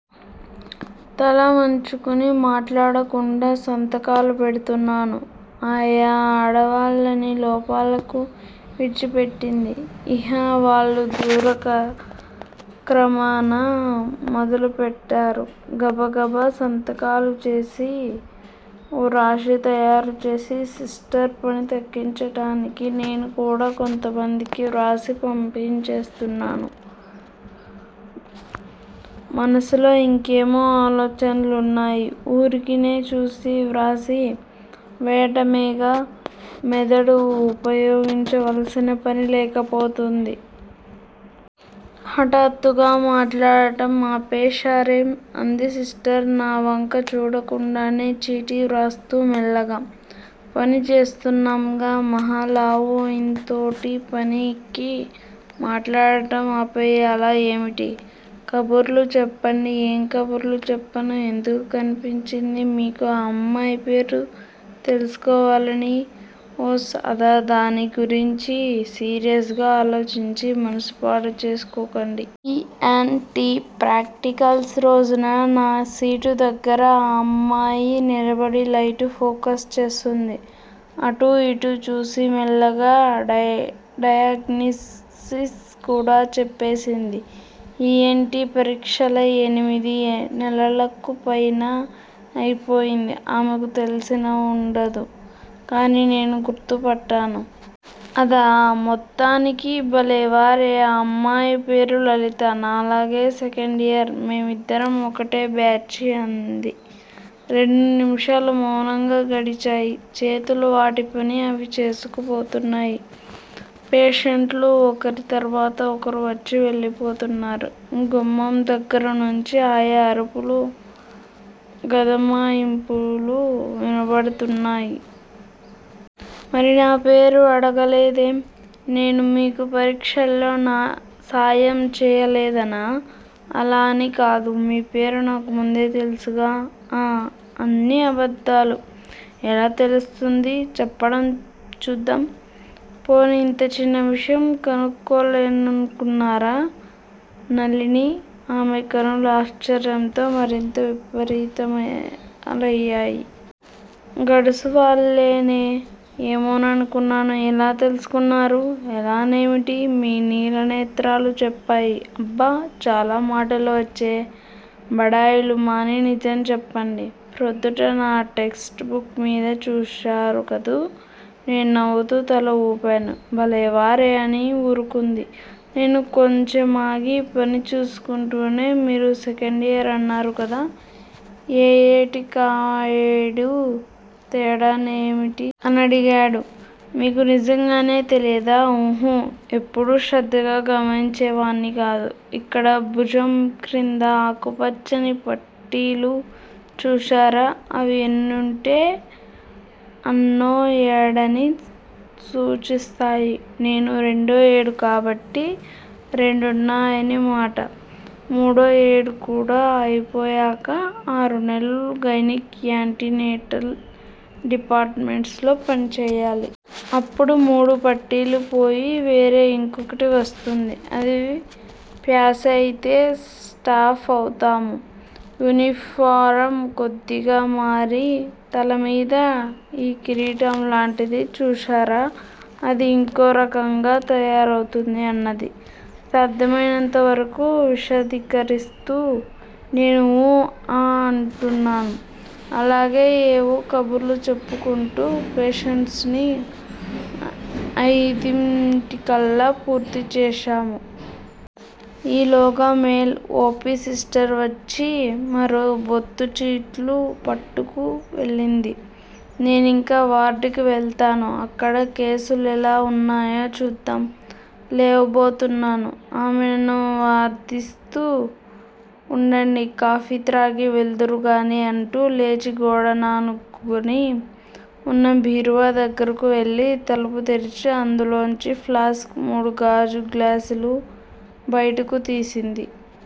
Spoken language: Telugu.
తల వంచుకుని మాట్లాడకుండా సంతకాలు పెడుతున్నాను. ఆయా ఆడవాళ్ళని లోపలకు విడిచి పెట్టింది. ఇహ వాళ్ళు దురాక్రమణ మొదలుపెట్టారు. గబగబ సంతకాలు చేసి ఓ రాశి తయారుచేసి, సిస్టర్ పని తగ్గించటానికి నేను కూడా కొంతమందికి వ్రాసి పంపించేస్తున్నాను. మనసులో యింకేమో ఆలోచన్లున్నాయి. ఊరికినే చూసి వ్రాసి వెయ్యటమేగా, మెదడు ఉపయోగించవలసిన పని లేకపోతూంది. హఠాత్తుగా మాట్లాడటం ఆపేశారేం? అంది సిస్టర్ నా వంక చూడకుండానే చీటీ వ్రాస్తూ, మెల్లిగా. పని చేస్తున్నాంగా. మహలావు యింతోటి పనికి మాట్లాడటం ఆపెయ్యాలా ఏమిటి? కబుర్లు చెప్పండి. ఏం కబుర్లు చెప్పను? ఎందు కనిపించింది మీకు ఆ అమ్మాయి పేరు తెలుసుకోవాలని? ఓస్! అదా? దాన్ని గురించి సీరియస్ గా ఆలోచించి మనసు పాడుచేసుకోకండి. ఇ. ఎన్. టీ ప్రాక్టికల్స్ రోజున నా సీటు దగ్గర ఆ అమ్మాయే నిలబడి లైటు ఫోకస్ చేస్తోంది. అటూ యిటూ చూసి మెల్లగా డయాగ్నిసిస్ కూడ చెప్పేసింది. ఇ. ఎన్. టీ. పరీక్షలై ఎనిమిది నెలలకు పైనా అయిపోయింది. ఆమెకు తెలిసివుండదు, కాని నేను గుర్తుపట్టాను. అదా? మొత్తానికి బలేవారే. ఆ అమ్మాయి పేరు లలిత. నాలాగే సెకండియర్. మేమిద్దరం ఒకటే బ్యాచి అంది. రెండు నిమిషాలు మౌనంగా గడిచాయి. చేతులు వాటి పని అవి చేసుకుపోతున్నాయి. పేషెంట్లు ఒకరి తర్వాత ఒకరు వచ్చివెళ్ళిపోతున్నారు. గుమ్మం దగ్గరనుంచి ఆయా అరుపులు, గదమాయింపులు వినబడుతున్నాయి. మరి నా పేరు ఆడగలేదేం? నేను మీకు పరీక్షల్లో సాయం చెయ్యలేదనా? అలా అని కాదు. మీ పేరు నాకు ముందే తెలుసుగా. ఆఁ అన్నీ అబద్ధాలు. ఎలా తెలుస్తుంది? చెప్పండి చూద్దాం. పోనీ ఇంత చిన్న విషయం కనుక్కోలేనుకున్నారా? నళిని. ఆమె కనులు ఆశ్చర్యంతో మరింత విప్పారితాలయాయి. గడుసు వాళ్ళేనే. ఏమో ననుకున్నాను. ఎలా తెలుసుకున్నారు? ఎలానేమిటి? మీ నీలనేత్రాలు చెప్పాయి. అబ్బా! చాలా మాటలు వచ్చే! బడాయిలు మాని నిజం చెప్పండి. ప్రొద్దుట నా టెక్ట్స్ బుక్ మీద చూశారుకదూ! నేను నవ్వుతూ తల ఊపాను. బలేవారే అని ఊరుకుంది. నేను కొంచెమాగి పని చూసుకుంటూనే మీరు సెకండియర్ అన్నారు కదా, ఏయేటి కాయేడు, తేడా ఏమిటి? అనడిగాను. మీకు నిజంగానే తెలియదా? ఊహు. ఎప్పుడూ శ్రద్ధగా గమనించేవాణ్ని కాదు. ఇక్కడ భుజం క్రింద ఆకు పచ్చని పట్టీలు చూశారా? అవి ఎన్నుంటే_అన్నో ఏడని సూచిస్తాయి. నేను రెండో ఏడు కాబట్టి రెండున్నాయన్నమాట. మూడో ఏడుకూడా అయిపోయాక ఆరు నెలలు గైనిక్, యాంటీనేటాల్ డిపార్ట్ మెంట్సులో పనిచెయ్యాలి. అప్పుడు మూడు పట్టీలూ పోయి వేరే యింకొకటి వస్తుంది. అది ప్యాసయితే స్టాఫ్ అవుతాము. యూనిఫారం కొద్దిగా మారి, తలమీద యీ కిరీటంలాంటిది చూశారా. అది యింకోరకంగా తయారౌతుంది అన్నది, సాధ్యమైనంతవరకూ విశదీకరిస్తూ. నేను ఊ, ఆ అంటున్నాను. అలాగే ఏవో కబుర్లు చెప్పుకుంటూ పేషెంట్సుని అయిదింటికల్లా పూర్తిచేసేశాము. ఈలోగా మేల్ ఓ. పి. సిస్టర్ వచ్చి మరో బొత్తు చీట్లు పట్టుకు వెళ్ళింది. నేనింక వార్డుకి వెళ్తాను. అక్కడ కేసు లెలా వున్నాయో చూద్దాం లేవబోతున్నాను. ఆమె నన్ను వారిస్తూ ఉండండి. కాఫీ త్రాగి వెళ్దురు గాని అంటూ లేచి గోడ నానుకొని వున్న బీరువా దగ్గరకు వెళ్ళి, తలుపు తెరిచి అందులోంచి ప్లాస్క్, మూడు గాజుగ్లాసులు బయటకు తీసింది.